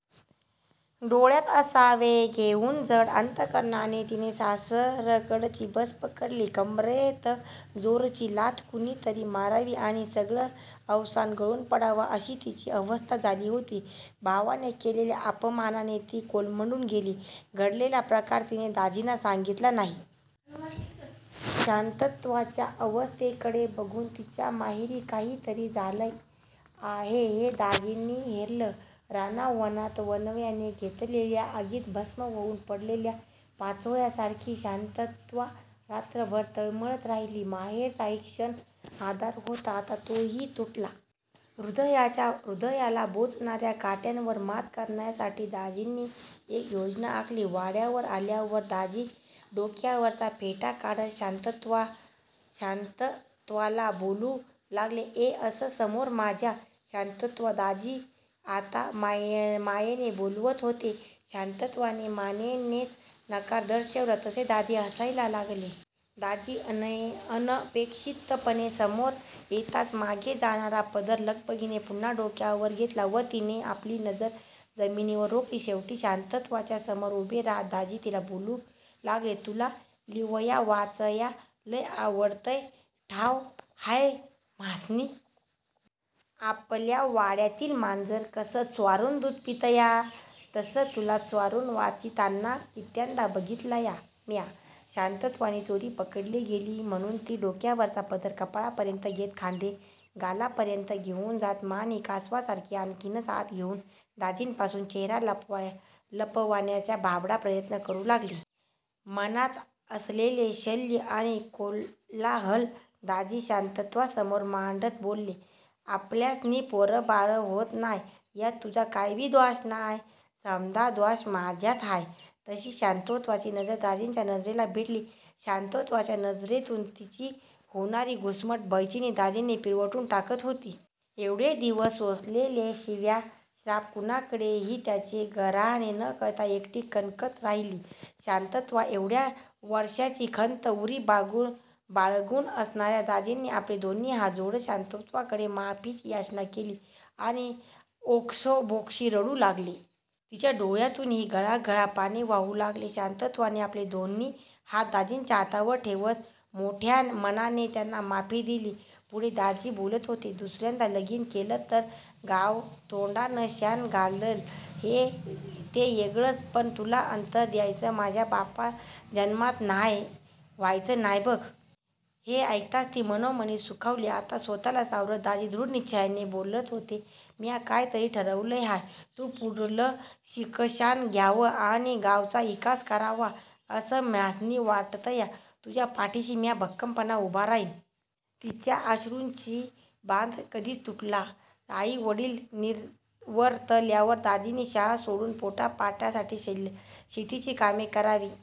डोळ्यांत आसवे घेऊन जड अंतकरणाने तिने सासरकडची बस पकडली. कंबरेत जोराची लाथ कुणी तरी मारावी आणि सगळं अवसान गळून पडावं अशी तिची अवस्था झाली होती. भावाने केलेल्या अपमानाने ती कोलमडून गेली. घडलेला प्रकार तिने दाजींना सांगितला नाही. शांतव्वाच्या अवस्थेकडे बघून तिच्या माहेरी काही तरी झालेलं आहे हे दाजींनी हेरलं. राना वनात वणव्याने घेतलेल्या आगीत भस्म होऊन पडलेल्या पाचोळ्यासारखी शांतव्वा रात्रभर तळमळत राहिली. माहेरचा एक आधार होता आता तो हि तुटला. हृदयाला बोचणाऱ्या काट्यांवर मात करण्यासाठी दाजींनी एक योजना आखली. वाड्यावर आल्यावर दाजी डोक्यावरचा फेटा काढत शांतव्वाला बोलू लागले, "ये अस्सं समोर माझ्या". शांतव्वाला दाजी आता मायेने बोलत होते. शांतव्वाने मानेनेच नकार दर्शवला. तसे दाजी हसायला लागले. दाजी अनपेक्षितपणे समोर येताच मागे जाणारा पदर लगबगीने पुन्हा डोक्यावर घेतला. पण तिने आपली नजर जमिनीवर रोखली होती. शेवटी शांतव्वाच्यासमोर उभे राहत दाजी तिला बोलू लागले, "तुला लिवया वाचया लयं आवडतंय ठावं हाय म्यास्नी. आपल्या वाड्यातील मांजर कसं च्वारुन दूध पितया तसं तुला च्वारुन वाचितांना कीत्यानंदा बघितल्या म्या". शांतव्वाची चोरी पकडली गेली म्हणून ती डोक्यावरचा पदर कपाळापर्यंत घेत खांदे गालापर्यंत घेऊन जात मान हि कासवासारखी आणखीनच आत घेऊन दाजींपासून चेहरा लपवण्याचा भाबडा प्रयत्न करू लागली. मनांत असलेले शल्य आणि कोलाहल दाजी शांतव्वासमोर मांडत बोले, "आपल्यास्नी पोर बाळ होत नाय यात तुझा काय बी द्वाश नाय. समदा द्वाश माझ्यात हाय. " तशी शांतव्वाची नजर दाजीच्या नजरेला भिडली. शांतव्वाच्या नजरेतून तिची होणारी घुसमट, बैचेनी दाजींना पिळवटून टाकत होती. एवढे दिवस सोसलेले शिव्या शाप कुणाकडे हि त्याचे गराहने न करता एकटी कण्हत राहिली शांतव्वा. एवढ्या वर्षांची खंत उरी बाळगून असणाऱ्या दाजींनी आपले दोन्ही हात जोडत शांतव्वाकडे माफीची याचना केली आणि ओक्सबोक्शी रडू लागले. तिच्या डोळ्यांतून हि घळा घळा पाणी वाहू लागले. शांतव्वाने आपले दोन्ही हात दाजींच्या हातावर ठेवत मोठया मानाने त्यांना माफी दिली. पुढे दाजी बोलत होते, "दुसऱ्यांदा लगीन केलं तर गाव तोंडात शानं घाललं ते येगळंच पण तुला अंतर द्यायचं माझ्या बाप जन्मात व्हायाचं नाय बघ. हे ऐकताच ती मनोमन सुखावली. आता स्वतःला सावरत दाजी दृढ निश्च्याने बोलत होते, "म्या काय तरी ठरवलं हाय. तु पुढलं शिकशान घ्यावं आणि गावचा इकास करावा असं म्यास्नी वाटतया. तुझ्या पाठीस म्या भक्कमपण उभा राहीन". तिच्या अश्रूंचा बांध कधीच तुटला. आई वडील निवर्तल्यावर दाजींना शाळा सोडून पोटा पाण्यासाठी शेतीची कामं करावी